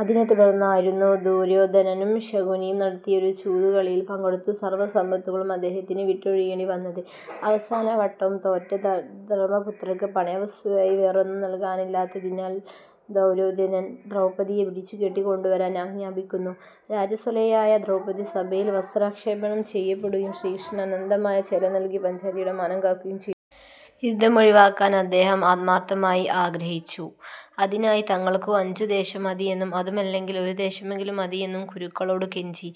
അതിനെത്തുടർന്നായിരുന്നു ദുര്യോധനനും ശകുനിയും നടത്തിയ ഒരു ചൂതുകളിയിൽ പങ്കെടുത്തു സർവ്വസമ്പത്തുകളും അദ്ദേഹത്തിന് വിട്ടൊഴിയേണ്ടി വന്നത്. അവസാന വട്ടവും തോറ്റ ധര്മപുത്രർക്ക്, പണയ വസ്തുവായി വേറൊന്നും നല്കാനില്ലാഞ്ഞതിനാൽ ദുര്യോധനൻ ദ്രൗപദിയെ പിടിച്ചു കെട്ടി കൊണ്ടുവരാൻ ആജ്ഞാപിക്കുന്നു. രജസ്വലയായ ദ്രൗപദി സഭയിൽ വസ്ത്രക്ഷേപം ചെയ്യപ്പെടുകയും, ശ്രീകൃഷ്ണൻ അനന്തമായ ചേല നൽകി പാഞ്ചാലിയുടെ മാനം കാക്കുകയും ചെയ്യുന്നു. യുദ്ധമൊഴിവാക്കാൻ അദ്ദേഹം ആത്മാർത്ഥമായി ആഗ്രഹിച്ചു. അതിനായി തങ്ങൾക്കു അഞ്ചു ദേശം മതിയെന്നും അതുമല്ലെങ്കിൽ ഒരു ദേശമെങ്കിലും മതിയെന്നും കുരുക്കളോടു കെഞ്ചി.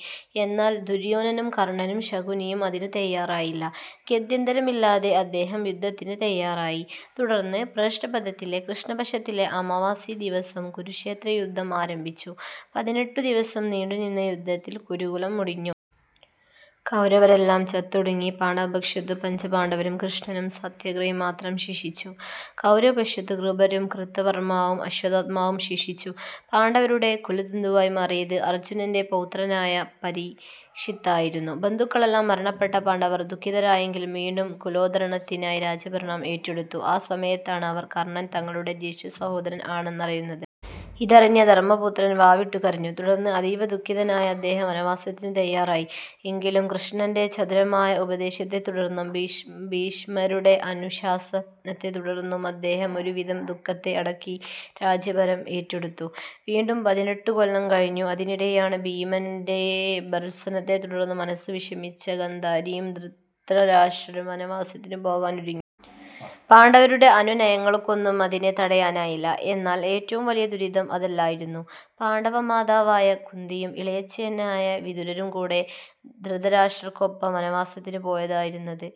എന്നാൽ ദുര്യോധനനും കർണ്ണനും ശകുനിയും അതിനു തയ്യാറായില്ല. ഗത്യന്തരമില്ലാതെ അദ്ദേഹം യുദ്ധത്തിന് തയ്യാറായി. തുടർന്ന് പ്രോഷ്ഠപദത്തിലെ കൃഷ്ണപക്ഷത്തിലെ അമാവാസി ദിവസം കുരുക്ഷേത്രയുദ്ധം ആരംഭിച്ചു. പതിനെട്ടു ദിവസം നീണ്ടുനിന്ന യുദ്ധത്തിൽ കുരുകുലം മുടിഞ്ഞു. കൗരവരെല്ലാം ചത്തൊടുങ്ങി. പാണ്ഡവപക്ഷത്തു പഞ്ചപാണ്ഡവരും കൃഷ്ണനും സാത്യകിയും മാത്രം ശേഷിച്ചു. കൗരവപക്ഷത്തു കൃപരും, കൃതവർമ്മാവും, അശ്വത്ഥാമാവും ശേഷിച്ചു. പാണ്ഡവരുടെ കുലതന്തുവായി മാറിയത് അർജ്ജുനന്റെ പൗത്രനായ പരീക്ഷിത്തായിരുന്നു. ബന്ധുക്കളെല്ലാം മരണപ്പെട്ട പാണ്ഡവർ ദുഃഖിതരായെങ്കിലും വീണ്ടും കുലോദ്ധാരണത്തിനായി രാജ്യഭരണം ഏറ്റെടുത്തു. ആ സമയത്താണ് അവർ കർണ്ണൻ തങ്ങളുടെ ജ്യേഷ്ഠസഹോദരൻ ആണെന്നറിയുന്നതു. ഇതറിഞ്ഞ ധർമ്മപുത്രർ വാവിട്ടു കരഞ്ഞു. തുടർന്ന് അതീവദുഃഖിതനായ അദ്ദേഹം വനവാസത്തിനു തയ്യാറായി. എങ്കിലും കൃഷ്ണന്റെ ചതുരമായ ഉപദേശത്തെത്തുടർന്നും, ഭീഷ്മരുടെ അനുശാസനത്തെത്തുടർന്നും അദ്ദേഹം ഒരുവിധം ദുഃഖത്തെ അടക്കി രാജ്യഭാരം ഏറ്റെടുത്തു. വീണ്ടും പതിനെട്ടു കൊല്ലം കഴിഞ്ഞു. അതിനിടെയാണ് ഭീമന്റെ ഭർത്സനത്തെ തുടർന്നു മനസ്സ് വിഷമിച്ച ഗാന്ധാരിയും ധൃതരാഷ്ട്രരും വനവാസത്തിനു പോകാനൊരുങ്ങിയത്. പാണ്ഡവരുടെ അനുനയങ്ങൾക്കൊന്നും അതിനെ തടയാനായില്ല. എന്നാൽ ഏറ്റവും വലിയ ദുരിതം അതല്ലായിരുന്നു. പാണ്ഡവമാതാവായ കുന്തിയും, ഇളയച്ഛനായ വിദുരരും കൂടെ ധൃതരാഷ്ട്രര്ക്കൊപ്പം വനവാസത്തിനു പോയതായിരുന്നത്.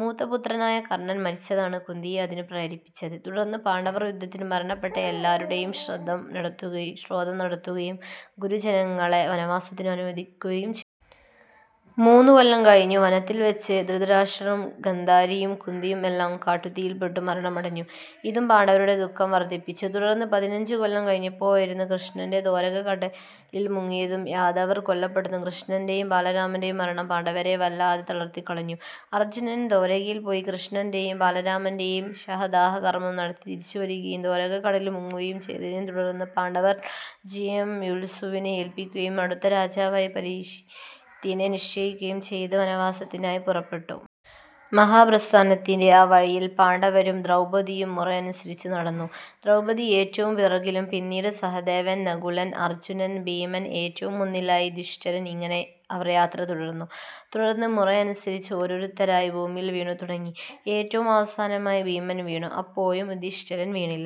മൂത്തപുത്രനായ കർണ്ണൻ മരിച്ചതാണ് കുന്തിയെ അതിനു പ്രേരിപ്പിച്ചത്. തുടർന്ന് പാണ്ഡവർ യുദ്ധത്തിൽ മരണപ്പെട്ട എല്ലാരുടെയും ശ്രാദ്ധം നടത്തുകയും ഗുരുജനങ്ങളെ വനവാസത്തിനു അനുവദിക്കുകയും ചെയ്തു. മൂന്നുകൊല്ലം കഴിഞ്ഞു, വനത്തിൽ വച്ച് ധൃതരാഷ്ട്രരും ഗാന്ധാരിയും കുന്തിയുമെല്ലാം കാട്ടുതീയിൽപ്പെട്ടു മരണമടഞ്ഞു. ഇതും പാണ്ഡവരുടെ ദുഃഖം വർദ്ധിപ്പിച്ചു. തുടർന്ന് പതിനഞ്ചു കൊല്ലം കഴിഞ്ഞപ്പോഴായിരുന്നു കൃഷ്ണന്റെ ദ്വാരക കടലിൽ മുങ്ങിയതും യാദവർ കൊല്ലപ്പെട്ടതും. കൃഷ്ണന്റെയും ബാലരാമന്റെയും മരണം പാണ്ഡവരെ വല്ലാതെ തളർത്തിക്കളഞ്ഞു. അർജ്ജുനൻ ദ്വാരകയിൽ പോയി കൃഷ്ണന്റെയും ബാലരാമന്റെയും ശവദാഹകർമ്മം നടത്തി തിരിച്ചു വരികയും ദ്വാരക കടലിൽ മുങ്ങുകയും ചെയ്തതിനെ തുടർന്ന് പാണ്ഡവർ രാജ്യം യുയുത്സുവിനെ ഏൽപ്പിക്കുകയും അടുത്ത രാജാവായി പരീക്ഷിത്തിനെ നിശ്ചയിക്കുകയും ചെയ്തിട്ട് വനവാസത്തിനായി പുറപ്പെട്ടു. മഹാപ്രസ്ഥാനത്തിന്റെ ആ വഴിയിൽ പാണ്ഡവരും ദ്രൗപദിയും മുറയനുസരിച്ച് നടന്നു. ദ്രൗപദി ഏറ്റവും പിറകിലും പിന്നീട് സഹദേവൻ, നകുലൻ, അർജ്ജുനൻ, ഭീമൻ ഏറ്റവും മുന്നിലായി യുധിഷ്ഠിരൻ ഇങ്ങനെ അവർ യാത്ര തുടർന്നു. തുടർന്ന് മുറയനുസരിച്ച് ഓരോരുത്തരായി ഭൂമിയിൽ വീണു തുടങ്ങി. ഏറ്റവും അവസാനമായി ഭീമൻ വീണു. അപ്പോഴും യുധിഷ്ഠിരൻ വീണില്ല.